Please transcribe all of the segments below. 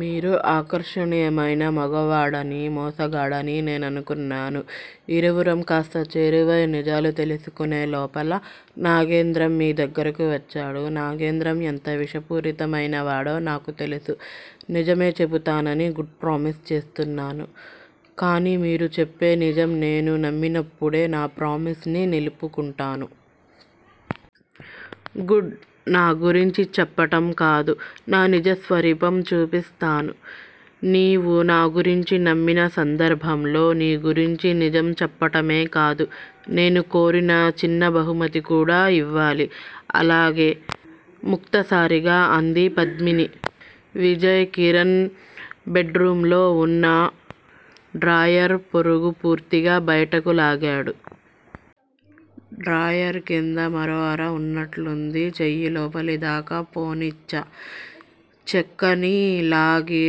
మీరు ఆకర్షణీయమైన మొగవాడని, మోసగాడని నేననుకున్నాను. ఇరువురం కాస్త చేరువై నిజాలు తెలుసుకునేలోపల నాగేంద్రం మీదగ్గరికి వచ్చాడు. నాగేంద్రం ఎంత విషపూరితమైనవాడో నాకు తెలుసు. నిజమే చెబుతానని గాడ్ ప్రామిస్ చేస్తున్నాను. కాని మీరు చెప్పే నిజం నేను నమ్మినప్పుడే నా ప్రామిస్ ని నిలుపుకుంటాను. గుడ్. నా గురించి చెప్పటం కాదు. నా నిజస్వరూపం చూపిస్తాను. నీవు నా గురించి నమ్మిన సందర్భంలో నీ గురించి నిజం చెప్పటమే కాదు. నేను కోరిన చిన్న బహుమతి కూడా యివ్వాలి. అలాగే ముక్తసరిగ అంది పద్మిని. విజయ్ కిరణ్ బెడ్ రూములో వున్న డ్రాయర్ పొరుగు పూర్తిగా బయటికి లాగాడు. డ్రాయర్ క్రింద మరో అర వున్నట్లుంది. చేయి లోపలిదాక పోనిచ్చి చెక్కని లాగి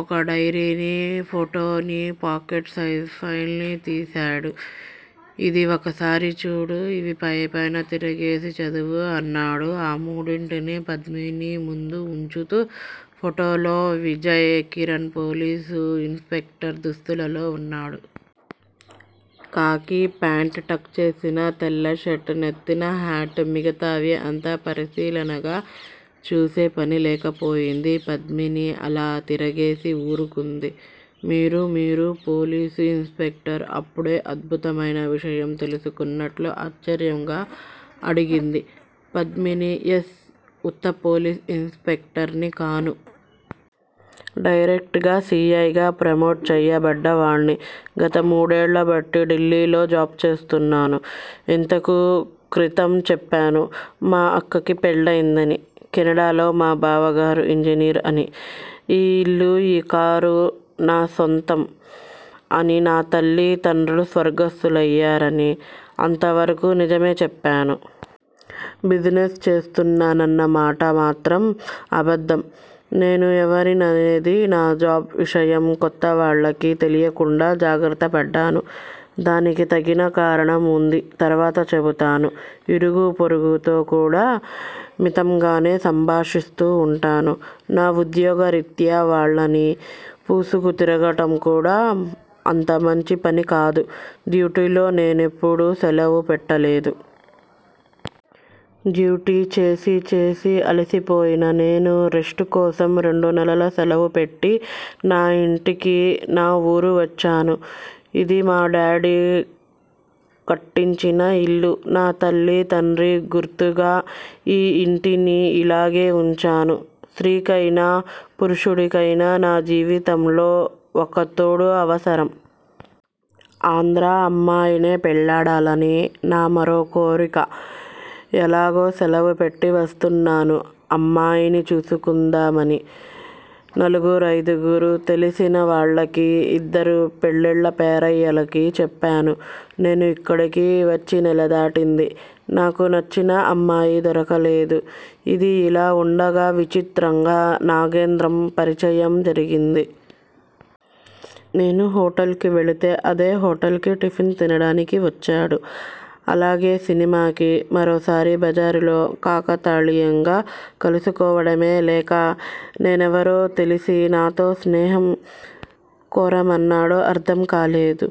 ఒక డైరీని ఫోటోని పాకెట్ సైజు ఫైల్ ని తీశాడు. ఇది ఒక్కసారి చూడు. ఇవి పైపైన తిరగేసి చదువు. అన్నాడు ఆ మూడింటిని పద్మిని ముందు వుంచుతూ. ఫోటోలో Vijay Kiran police inspector దుస్తులలో వున్నాడు. కాకీ ప్యాంటు టక్ చేసిన తెల్ల షర్టు నెత్తిన హ్యాటు మిగతావి అంత పరిశీలనగా చూసేపని లేకపోయింది పద్మిని. అలా తిరగేసి వూరుకుంది. మీరు మీరు పోలీసు ఇన్ స్పెక్టర్ అప్పుడే అద్భుతమైన విషయం తెలుసుకున్నట్లు ఆశ్చర్యంగా అడిగింది పద్మిని. ఎస్ ఉత్త పోలీసు ఇన్ స్పెక్టర్ ని కాను. డైరెక్టుగ సి. ఐ. గా ప్రమోట్ చేయబడ్డవాణ్ని. గతమూడేళ్ళబట్టి ఢిల్లీలో జాబ్ చేస్తున్నాను. ఇంతకు క్రితం చెప్పాను. మా అక్కకి పెళ్ళయిందని కెనడాలో మా బావగారు ఇంజనీర్ అని ఈ యిల్లు ఈ కారు నా సొంతం అని నా తల్లి తండ్రి స్వర్గస్తులయారని అంతవరకు నిజమే చెప్పాను. బిజినెస్ చేస్తున్నానన్నమాట మాత్రం అబద్ధం నేను ఎవరిననేది నా జాబ్ విషయం కొత్తవాళ్ళకి తెలియకుండా జాగ్రత్తపడ్డాను. దానికి తగిన కారణం వుంది తర్వాత చెబుతాను. ఇరుగు పొరుగుతో కూడా మితంగానే సంభాషిస్తూ వుంటాను. నా ఉద్యోగరీత్యా వాళ్ళనీ పూసుకు తిరగటం కూడా అంతమంచి పనికాదు. డ్యూటీలో నేనెప్పుడూ సెలవు పెట్టలేదు. డ్యూటీ చేసి చేసి అలసిపోయిన నేను రెస్టు కోసం రెండు నెలలు సెలవు పెట్టి నా యింటికి నా వూరు వచ్చాను. ఇది మా డాడీ కట్టించిన ఇల్లు. నా తల్లీ తండ్రి గుర్తుగా ఈ యింటిని ఇలాగే వుంచాను. స్త్రీకైనా పురుషుడికైనా నా జీవితంలో ఒకతోడు అవసరం. ఆంధ్రా అమ్మాయినే పెళ్ళాడాలని నా మరో కోరిక. ఎలాగూ శలవు పెట్టి వస్తున్నాను. అమ్మాయిని చూసుకుందామని నలుగురైదుగురు తెలిసిన వాళ్ళకి ఇద్దరు పెళ్ళిళ్ళ పేరయ్యలకి చెప్పాను. నేను ఇక్కడికి వచ్చి నెలదాటింది. నాకు నచ్చిన అమ్మాయి దొరకలేదు. ఇది యిలా వుండగా విచిత్రంగా నాగేంద్రం పరిచయం జరిగింది. నేను హోటల్ కి వెళితే అదే హోటల్ కి టిఫిన్ తినటానికి వచ్చాడు. అలాగే సినిమాకి. మరోసారి బజారులో కాకతాళీయంగా కలుసుకోటమో లేక నేనెవరో తెలిసి నాతో స్నేహం కోరుమన్నాడో అర్ధం కాలేదు.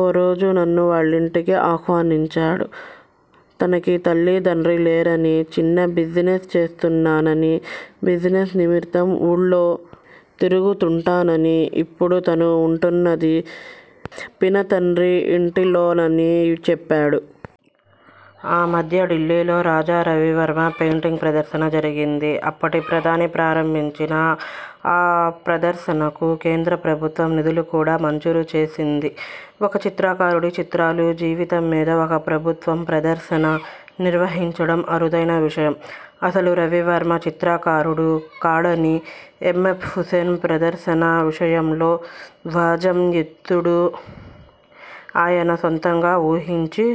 ఓరోజు నన్ను వాళ్ళ యింటికి ఆహ్వానించాడు. తనకి తల్లిదండ్రి లేరని చిన్న బిజినెస్ చేస్తున్నానని బిజినెస్ నిమిత్తం వూళ్ళు తిరుగుతుంటానని ఇప్పుడు తను వుంటున్నది పినతండ్రి ఇంటిలోనని చెప్పాడు. ఆ మధ్య ఢిల్లీలో రాజా రవివర్మ పెయింటింగ్స్ ప్రదర్శన జరిగింది. అప్పటి ప్రధాని ప్రారంభించిన ఆ ప్రదర్శనకు కేంద్ర ప్రభుత్వం నిధులు కూడా మంజూరు చేసింది. ఒక చిత్రకారుడి చిత్రాలు జీవితం మీద ఒక ప్రభుత్వం ప్రదర్శన నిర్వహించడం అరుదైన విషయం. అసలు రవివర్మ చిత్రకారుడు కాడని ఎమ్. ఎఫ్. హుస్సేన్ ప్రదర్శన విషయంలో ధ్వజం ఎత్తాడు. ఆయన సొంతంగా ఊహించి